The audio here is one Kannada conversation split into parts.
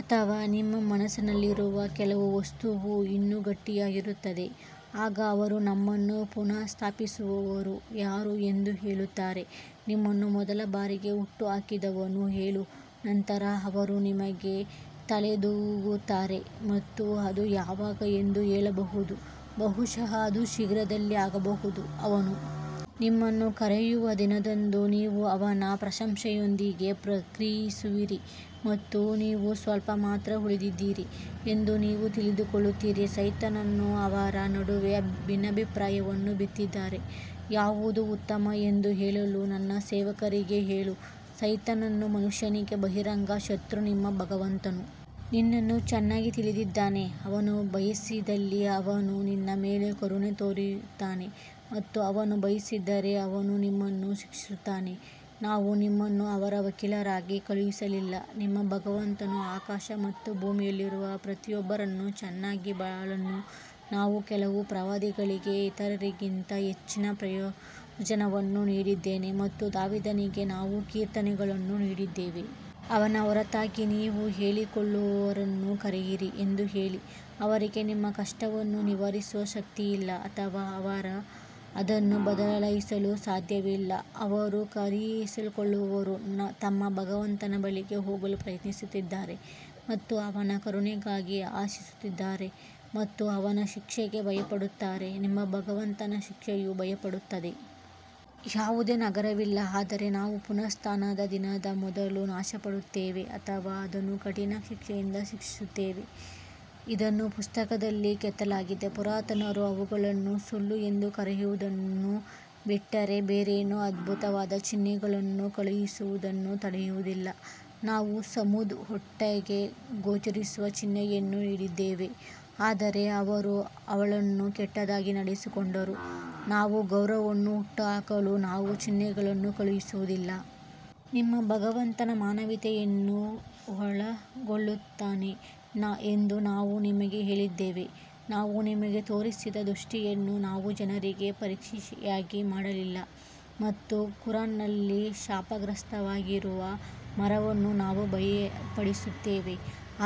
ಅಥವಾ ನಿಮ್ಮ ಮನಸ್ಸಿನಲ್ಲಿರುವ ಕೆಲವು ವಸ್ತುವು ಇನ್ನೂ ಗಟ್ಟಿಯಾಗಿರುತ್ತದೆ, ಆಗ ಅವರು ನಮ್ಮನ್ನು ಪುನಃಸ್ಥಾಪಿಸುವವರು ಯಾರು ಎಂದು ಹೇಳುತ್ತಾರೆ, ನಿಮ್ಮನ್ನು ಮೊದಲ ಬಾರಿಗೆ ಹುಟ್ಟುಹಾಕಿದವನು ಹೇಳು ನಂತರ ಅವರು ನಿಮಗೆ ತಲೆದೂಗುತ್ತಾರೆ ಮತ್ತು ಅದು ಯಾವಾಗ ಎಂದು ಹೇಳಬಹುದು ಬಹುಶಃ ಅದು ಶೀಘ್ರದಲ್ಲೇ ಆಗಬಹುದು. ಅವನು ನಿಮ್ಮನ್ನು ಕರೆಯುವ ದಿನದಂದು ನೀವು ಅವನ ಪ್ರಶಂಸೆಯೊಂದಿಗೆ ಪ್ರತಿಕ್ರಿಯಿಸುವಿರಿ ಮತ್ತು ನೀವು ಸ್ವಲ್ಪ ಮಾತ್ರ ಉಳಿದಿದ್ದೀರಿ ಎಂದು ನೀವು ತಿಳಿದುಕೊಳ್ಳುತ್ತೀರಿ ಸೈತಾನನು ಅವರ ನಡುವೆ ಭಿನ್ನಾಭಿಪ್ರಾಯವನ್ನು ಬಿತ್ತಿದರೆ ಯಾವುದು ಉತ್ತಮ ಎಂದು ಹೇಳಲು ನನ್ನ ಸೇವಕರಿಗೆ ಹೇಳು ಸೈತಾನನು ಮನುಷ್ಯನಿಗೆ ಬಹಿರಂಗ ಶತ್ರು ನಿಮ್ಮ ಭಗವಂತನು ನಿನ್ನನ್ನು ಚೆನ್ನಾಗಿ ತಿಳಿದಿದ್ದಾನೆ ಅವನು ಬಯಸಿದಲ್ಲಿ ಅವನು ನಿನ್ನ ಮೇಲೆ ಕರುಣೆ ತೋರುತ್ತಾನೆ ಮತ್ತು ಅವನು ಬಯಸಿದರೆ ಅವನು ನಿಮ್ಮನ್ನು ಶಿಕ್ಷಿಸುತ್ತಾನೆ ನಾವು ನಿಮ್ಮನ್ನು ಅವರ ವಕೀಲರಾಗಿ ಕಳುಹಿಸಲಿಲ್ಲ ನಿಮ್ಮ ಭಗವಂತನು ಆಕಾಶ ಮತ್ತು ಭೂಮಿಯಲ್ಲಿರುವ ಪ್ರತಿಯೊಬ್ಬರನ್ನು ಚೆನ್ನಾಗಿ ಬಲ್ಲನು, ನಾವು ಕೆಲವು ಪ್ರವಾದಿಗಳಿಗೆ ಇತರರಿಗಿಂತ ಹೆಚ್ಚಿನ ಪ್ರಯೋಜನವನ್ನು ನೀಡಿದ್ದೇವೆ ಮತ್ತು ದಾವೀದನಿಗೆ ನಾವು ಕೀರ್ತನೆಗಳನ್ನು ನೀಡಿದ್ದೇವೆ. ಅವನ ಹೊರತಾಗಿ ನೀವು ಹೇಳಿಕೊಳ್ಳುವವರನ್ನು ಕರೆಯಿರಿ ಎಂದು ಹೇಳಿ, ಅವರಿಗೆ ನಿಮ್ಮ ಕಷ್ಟವನ್ನು ನಿವಾರಿಸುವ ಶಕ್ತಿಯಿಲ್ಲ ಅಥವಾ ಅವರು ಅದನ್ನು ಬದಲಾಯಿಸಲು ಸಾಧ್ಯವಿಲ್ಲ ಅವರು ಕರೆಸಿಕೊಳ್ಳುವವರು ತಮ್ಮ ಭಗವಂತನ ಬಳಿಗೆ ಹೋಗಲು ಪ್ರಯತ್ನಿಸುತ್ತಿದ್ದಾರೆ ಮತ್ತು ಅವನ ಕರುಣೆಗಾಗಿ ಆಶಿಸುತ್ತಿದ್ದಾರೆ ಮತ್ತು ಅವನ ಶಿಕ್ಷೆಗೆ ಭಯಪಡುತ್ತಾರೆ ನಿಮ್ಮ ಭಗವಂತನ ಶಿಕ್ಷೆಯು ಭಯಪಡುತ್ತದೆ. ಯಾವುದೇ ನಗರವಿಲ್ಲ ಆದರೆ ನಾವು ಪುನರುತ್ಥಾನದ ದಿನದ ಮೊದಲು ನಾಶಪಡಿಸುತ್ತೇವೆ ಅಥವಾ ಅದನ್ನು ಕಠಿಣ ಶಿಕ್ಷೆಯಿಂದ ಶಿಕ್ಷಿಸುತ್ತೇವೆ ಇದನ್ನು ಪುಸ್ತಕದಲ್ಲಿ ಕೆತ್ತಲಾಗಿದೆ ಪುರಾತನರು ಅವುಗಳನ್ನು ಸುಳ್ಳು ಎಂದು ಕರೆಯುವುದನ್ನು ಬಿಟ್ಟರೆ ಬೇರೇನೂ ಅದ್ಭುತವಾದ ಚಿಹ್ನೆಗಳನ್ನು ಕಳುಹಿಸುವುದನ್ನು ತಡೆಯುವುದಿಲ್ಲ, ನಾವು ಸಮೂದ್ ಒಂಟೆಗೆ ಗೋಚರಿಸುವ ಚಿಹ್ನೆಯನ್ನು ನೀಡಿದ್ದೇವೆ ಆದರೆ ಅವರು ಅವಳನ್ನು ಕೆಟ್ಟದಾಗಿ ನಡೆಸಿಕೊಂಡರು ನಾವು ಗೌರವವನ್ನು ಹುಟ್ಟುಹಾಕಲು ನಾವು ಚಿಹ್ನೆಗಳನ್ನು ಕಳುಹಿಸುವುದಿಲ್ಲ. ನಿಮ್ಮ ಭಗವಂತ ಮಾನವೀಯತೆಯನ್ನು ಒಳಗೊಳ್ಳುತ್ತಾನೆ ಎಂದು ನಾವು ನಿಮಗೆ ಹೇಳಿದ್ದೇವೆ, ನಾವು ನಿಮಗೆ ತೋರಿಸಿದ ದೃಷ್ಟಿಯನ್ನು ನಾವು ಜನರಿಗೆ ಪರೀಕ್ಷೆಯಾಗಿ ಮಾಡಲಿಲ್ಲ ಮತ್ತು ಕುರಾನ್ನಲ್ಲಿ ಶಾಪಗ್ರಸ್ತವಾಗಿರುವ ಮರವನ್ನು ನಾವು ಭಯಪಡಿಸುತ್ತೇವೆ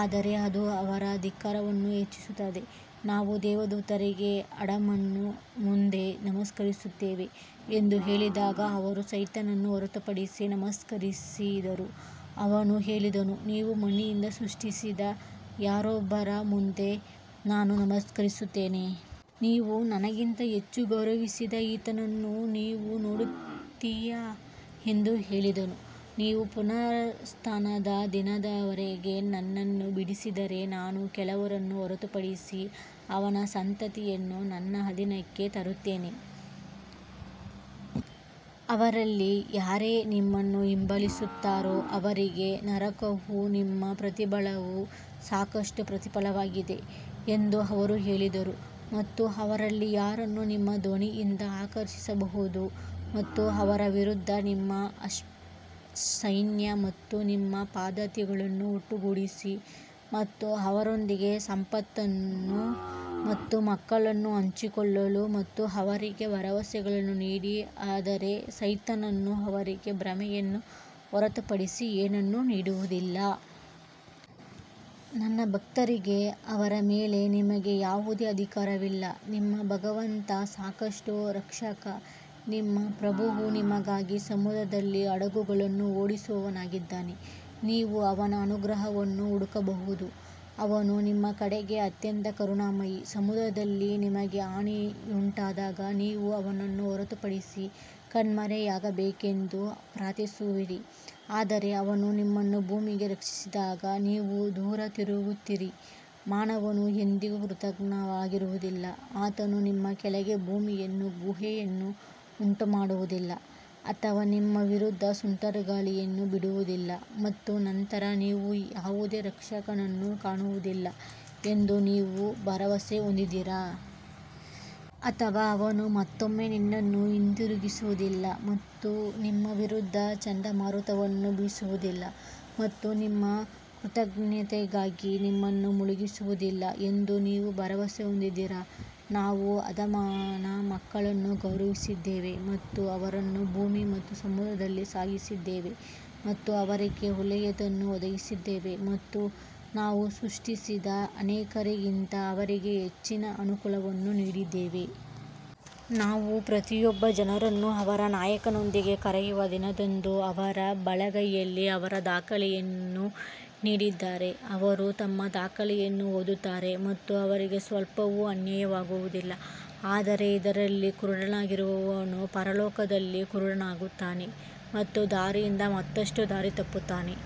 ಆದರೆ ಅದು ಅವರ ಧಿಕ್ಕಾರವನ್ನು ಹೆಚ್ಚಿಸುತ್ತದೆ. ನಾವು ದೇವದೂತರಿಗೆ ಆಡಮ್ನ ಮುಂದೆ ನಮಸ್ಕರಿಸುತ್ತೇವೆ ಎಂದು ಹೇಳಿದಾಗ ಅವರು ಸೈತಾನನನ್ನು ಹೊರತುಪಡಿಸಿ ನಮಸ್ಕರಿಸಿದರು ಅವನು ಹೇಳಿದನು ನೀವು ಮಣ್ಣಿನಿಂದ ಸೃಷ್ಟಿಸಿದ ಯಾರೊಬ್ಬರ ಮುಂದೆ ನಾನು ನಮಸ್ಕರಿಸುತ್ತೇನೆ. ನೀವು ನನಗಿಂತ ಹೆಚ್ಚು ಗೌರವಿಸಿದ ಈತನನ್ನು ನೀನು ನೋಡುತ್ತೀಯಾ ಎಂದು ಹೇಳಿದನು, ನೀವು ಪುನರುತ್ಥಾನದ ದಿನದವರೆಗೆ ನನ್ನನ್ನು ಬಿಡಿಸಿದರೆ ನಾನು ಕೆಲವರನ್ನು ಹೊರತುಪಡಿಸಿ ಅವನ ಸಂತತಿಯನ್ನು ನನ್ನ ಅಧೀನಕ್ಕೆ ತರುತ್ತೇನೆ. ಅವರಲ್ಲಿ ಯಾರೇ ನಿಮ್ಮನ್ನು ಹಿಂಬಾಲಿಸುತ್ತಾರೋ ಅವರಿಗೆ ನರಕವು ನಿಮ್ಮ ಪ್ರತಿಫಲವು ಸಾಕಷ್ಟು ಪ್ರತಿಫಲವಾಗಿದೆ ಎಂದು ಅವರು ಹೇಳಿದರು ಮತ್ತು ಅವರಲ್ಲಿ ಯಾರನ್ನು ನಿಮ್ಮ ಧ್ವನಿಯಿಂದ ಆಕರ್ಷಿಸಬಹುದು ಮತ್ತು ಅವರ ವಿರುದ್ಧ ನಿಮ್ಮ ಅಶ್ವಸೈನ್ಯ ಮತ್ತು ನಿಮ್ಮ ಪದಾತಿಗಳನ್ನು ಒಟ್ಟುಗೂಡಿಸಿ ಮತ್ತು ಅವರೊಂದಿಗೆ ಸಂಪತ್ತು ಮತ್ತು ಮಕ್ಕಳನ್ನು ಹಂಚಿಕೊಳ್ಳಲು ಮತ್ತು ಅವರಿಗೆ ಭರವಸೆಗಳನ್ನು ನೀಡಿ ಆದರೆ ಸೈತಾನನು ಅವರಿಗೆ ಭ್ರಮೆಯನ್ನು ಹೊರತುಪಡಿಸಿ ಏನನ್ನೂ ನೀಡುವುದಿಲ್ಲ. ನನ್ನ ಭಕ್ತರಿಗೆ ಅವರ ಮೇಲೆ ನಿಮಗೆ ಯಾವುದೇ ಅಧಿಕಾರವಿಲ್ಲ, ನಿಮ್ಮ ಭಗವಂತ ಸಾಕಷ್ಟು ರಕ್ಷಕ ನಿಮ್ಮ ಪ್ರಭುವು ನಿಮಗಾಗಿ ಸಮುದ್ರದಲ್ಲಿ ಹಡಗುಗಳನ್ನು ಓಡಿಸುವವನಾಗಿದ್ದಾನೆ, ನೀವು ಅವನ ಅನುಗ್ರಹವನ್ನು ಹುಡುಕಬಹುದು ಅವನು ನಿಮ್ಮ ಕಡೆಗೆ ಅತ್ಯಂತ ಕರುಣಾಮಯಿ ಸಮುದ್ರದಲ್ಲಿ ನಿಮಗೆ ಹಾನಿಯುಂಟಾದಾಗ ನೀವು ಅವನನ್ನು ಹೊರತುಪಡಿಸಿ ಕಣ್ಮರೆಯಾಗಬೇಕೆಂದು ಪ್ರಾರ್ಥಿಸುತ್ತೀರಿ ಆದರೆ ಅವನು ನಿಮ್ಮನ್ನು ಭೂಮಿಗೆ ರಕ್ಷಿಸಿದಾಗ ನೀವು ದೂರ ತಿರುಗುತ್ತೀರಿ ಮಾನವನು ಎಂದಿಗೂ ಕೃತಜ್ಞನಾಗಿರುವುದಿಲ್ಲ ಆತನು ನಿಮ್ಮ ಕೆಳಗೆ ಭೂಮಿಯನ್ನು ಗುಹೆಯನ್ನು ಉಂಟುಮಾಡುವುದಿಲ್ಲ ಅಥವಾ ನಿಮ್ಮ ವಿರುದ್ಧ ಸುಂಟರಗಾಳಿಯನ್ನು ಬಿಡುವುದಿಲ್ಲ ಮತ್ತು ನಂತರ ನೀವು ಯಾವುದೇ ರಕ್ಷಕನನ್ನು ಕಾಣುವುದಿಲ್ಲ ಎಂದು ನೀವು ಭರವಸೆ ಹೊಂದಿದ್ದೀರಾ? ಅಥವಾ ಅವನು ಮತ್ತೊಮ್ಮೆ ನಿನ್ನನ್ನು ಹಿಂತಿರುಗಿಸುವುದಿಲ್ಲ ಮತ್ತು ನಿಮ್ಮ ವಿರುದ್ಧ ಚಂಡಮಾರುತವನ್ನು ಬೀಸುವುದಿಲ್ಲ ಮತ್ತು ನಿಮ್ಮ ಕೃತಘ್ನತೆಗಾಗಿ ನಿಮ್ಮನ್ನು ಮುಳುಗಿಸುವುದಿಲ್ಲ ಎಂದು ನೀವು ಭರವಸೆ ಹೊಂದಿದ್ದೀರಾ? ನಾವು ಆದಾಮನ ಮಕ್ಕಳನ್ನು ಗೌರವಿಸಿದ್ದೇವೆ ಮತ್ತು ಅವರನ್ನು ಭೂಮಿ ಮತ್ತು ಸಮುದ್ರದಲ್ಲಿ ಸಾಗಿಸಿದ್ದೇವೆ ಮತ್ತು ಅವರಿಗೆ ಒಳ್ಳೆಯದನ್ನು ಒದಗಿಸಿದ್ದೇವೆ ಮತ್ತು ನಾವು ಸೃಷ್ಟಿಸಿದ ಅನೇಕರಿಗಿಂತ ಅವರಿಗೆ ಹೆಚ್ಚಿನ ಅನುಕೂಲವನ್ನು ನೀಡಿದ್ದೇವೆ. ನಾವು ಪ್ರತಿಯೊಬ್ಬ ಜನರನ್ನು ಅವರ ನಾಯಕನೊಂದಿಗೆ ಕರೆಯುವ ದಿನದಂದು ಅವರ ಬಲಗೈಯಲ್ಲಿ ಅವರ ದಾಖಲೆಯನ್ನು ನೀಡಿದರೆ ಅವರು ತಮ್ಮ ದಾಖಲೆಯನ್ನು ಓದುತ್ತಾರೆ ಮತ್ತು ಅವರಿಗೆ ಸ್ವಲ್ಪವೂ ಅನ್ಯಾಯವಾಗುವುದಿಲ್ಲ. ಆದರೆ ಇದರಲ್ಲಿ ಕುರುಡನಾಗಿರುವವನು ಪರಲೋಕದಲ್ಲಿ ಕುರುಡನಾಗುತ್ತಾನೆ ಮತ್ತು ದಾರಿಯಿಂದ ಮತ್ತಷ್ಟು ದಾರಿ ತಪ್ಪುತ್ತಾನೆ.